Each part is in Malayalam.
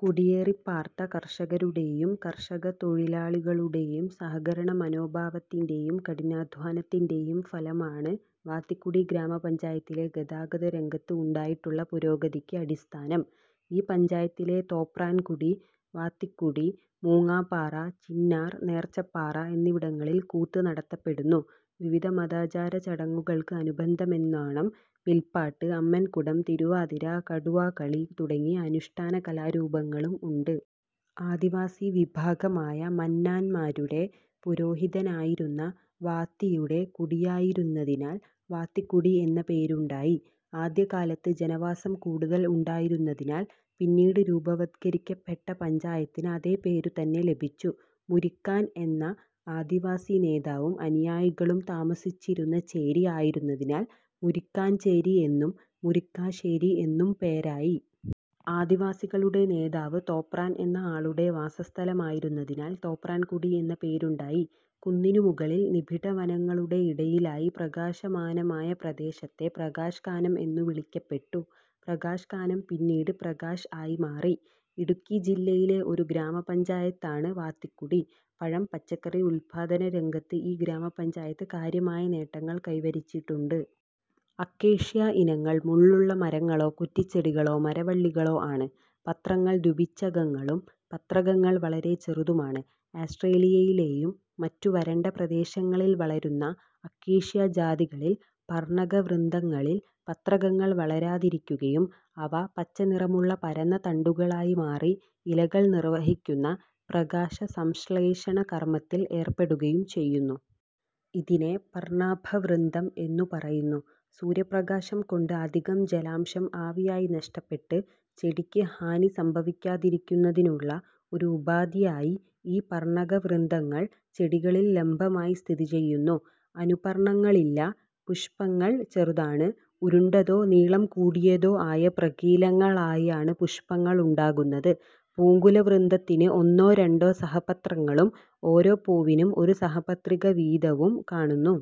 കുടിയേറിപാർത്ത കർഷകരുടെയും കർഷകതൊഴിലാളികളുടെയും സഹകരണമനോഭാവത്തിന്റെയും കഠിനാദ്ധ്വാനത്തിന്റെയും ഫലമാണ് വാത്തിക്കുടി ഗ്രാമപഞ്ചായത്തിലെ ഗതാഗതരംഗത്ത് ഉണ്ടായിട്ടുള്ള പുരോഗതിക്ക് അടിസ്ഥാനം. ഈ പഞ്ചായത്തിലെ തോപ്രാൻകുടി, വാത്തിക്കുടി, മൂങ്ങാപ്പാറ, ചിന്നാർ, നേർച്ചപ്പാറ എന്നിവിടങ്ങളിൽ കൂത്ത് നടത്തപ്പെടുന്നു. വിവിധ മതാചാര ചടങ്ങുകൾക്ക് അനുബന്ധമെന്നാണം വിൽപ്പാട്ട്, അമ്മൻകുടം, തിരുവാതിര, കടുവാകളി തുടങ്ങി അനുഷ്ഠാന കലാരൂപങ്ങളും ഉണ്ട്. ആദിവാസി വിഭാഗമായ 'മന്നാൻ'മാരുടെ പുരോഹിതനായിരുന്ന 'വാത്തി'യുടെ കുടിയായിരുന്നതിനാൽ വാത്തിക്കുടി എന്ന പേരുണ്ടായി. ആദ്യകാലത്ത് ജനവാസം കൂടുതൽ ഉണ്ടായിരുന്നതിനാൽ പിന്നീട് രൂപവത്കരിക്കപ്പെട്ട പഞ്ചായത്തിന് അതേ പേരു തന്നെ ലഭിച്ചു. 'മുരിക്കാൻ' എന്ന ആദിവാസി നേതാവും അനുയായികളും താമസിച്ചിരുന്ന 'ചേരി' ആയിരുന്നതിനാൽ മുരിക്കാൻ ചേരി എന്നും മുരിക്കാശ്ശേരി എന്നും പേരായി. ആദിവാസികളുടെ നേതാവ് തോപ്രാൻ എന്ന ആളുടെ വാസസ്ഥലമായിരുന്നതിനാൽ തോപ്രാൻകുടി എന്ന പേരുണ്ടായി. കുന്നിനു മുകളിൽ നിബിഡ വനങ്ങളുടെ ഇടയിലായി പ്രകാശമാനമായ പ്രദേശത്തെ പ്രകാശ് കാനം എന്നു വിളിക്കപ്പെട്ടു. പ്രകാശ് കാനം പിന്നീട് പ്രകാശ് ആയി മാറി. ഇടുക്കി ജില്ലയിലെ ഒരു ഗ്രാമപഞ്ചായത്താണ് വാത്തിക്കുടി. പഴം പച്ചക്കറി ഉല്പാദനരംഗത്ത് ഈ ഗ്രാമപഞ്ചായത്ത് കാര്യമായ നേട്ടങ്ങൾ കൈവരിച്ചിട്ടുണ്ട്. അക്കേഷ്യ ഇനങ്ങൾ മുള്ളുള്ള മരങ്ങളോ കുറ്റിച്ചെടികളോ മരവള്ളികളോ ആണ്. പത്രങ്ങൾ ദ്വിപിച്ഛകങ്ങളും പത്രകങ്ങൾ വളരെ ചെറുതുമാണ്. ആസ്ട്രേലിയയിലെയും മറ്റും വരണ്ട പ്രദേശങ്ങളിൽ വളരുന്ന അക്കേഷ്യ ജാതികളിൽ പർണകവൃന്ത ങ്ങളിൽ പത്രകങ്ങൾ വളരാതിരിക്കുകയും അവ പച്ചനിറമുള്ള പരന്ന തണ്ടുകളായി മാറി ഇലകൾ നിർവഹിക്കുന്ന പ്രകാശസംശ്ളേഷണ കർമത്തിൽ ഏർപ്പെടുകയും ചെയ്യുന്നു. ഇതിനെ പർണാഭവൃന്തം എന്നു പറയുന്നു. സൂര്യപ്രകാശംകൊണ്ട് അധികം ജലാംശം ആവിയായി നഷ്ടപ്പെട്ട് ചെടിക്ക് ഹാനി സംഭവിക്കാതിരിക്കുന്നതിനുള്ള ഒരു ഉപാധിയായി, ഈ പർണകവൃന്തങ്ങൾ ചെടികളിൽ ലംബമായി സ്ഥിതിചെയ്യുന്നു. അനുപർണങ്ങളില്ല. പുഷ്പങ്ങൾ ചെറുതാണ്. ഉരുണ്ടതോ നീളം കൂടിയതോ ആയ പ്രകീലങ്ങളായാണ് പുഷ്പങ്ങളുണ്ടാകുന്നത്. പൂങ്കുലവൃന്തത്തിന് ഒന്നോ രണ്ടോ സഹപത്രങ്ങളും, ഓരോ പൂവിനും ഒരു സഹപത്രിക വീതവും കാണുന്നു.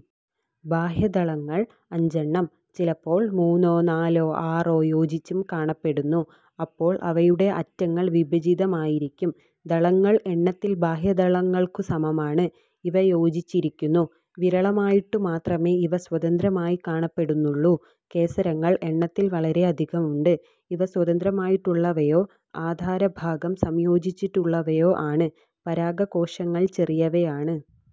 ബാഹ്യദളങ്ങൾ അഞ്ചെണ്ണം. ചിലപ്പോൾ മൂന്നോ, നാലോ, ആറോ യോജിച്ചും കാണപ്പെടുന്നു. അപ്പോൾ അവയുടെ അറ്റങ്ങൾ വിഭജിതമായിരിക്കും. ദളങ്ങൾ എണ്ണത്തിൽ ബാഹ്യദളങ്ങൾക്കു സമമാണ്; ഇവ യോജിച്ചിരിക്കുന്നു. വിരളമായിട്ടു മാത്രമേ ഇവ സ്വതന്ത്രമായി കാണപ്പെടുന്നുള്ളൂ. കേസരങ്ങൾ എണ്ണത്തിൽ വളരെ അധികമുണ്ട്; ഇവ സ്വതന്ത്രമായിട്ടുള്ളവയോ ആധാരഭാഗം സംയോജിച്ചിട്ടുള്ളവയോ ആണ്. പരാഗകോശങ്ങൾ ചെറിയവയാണ്.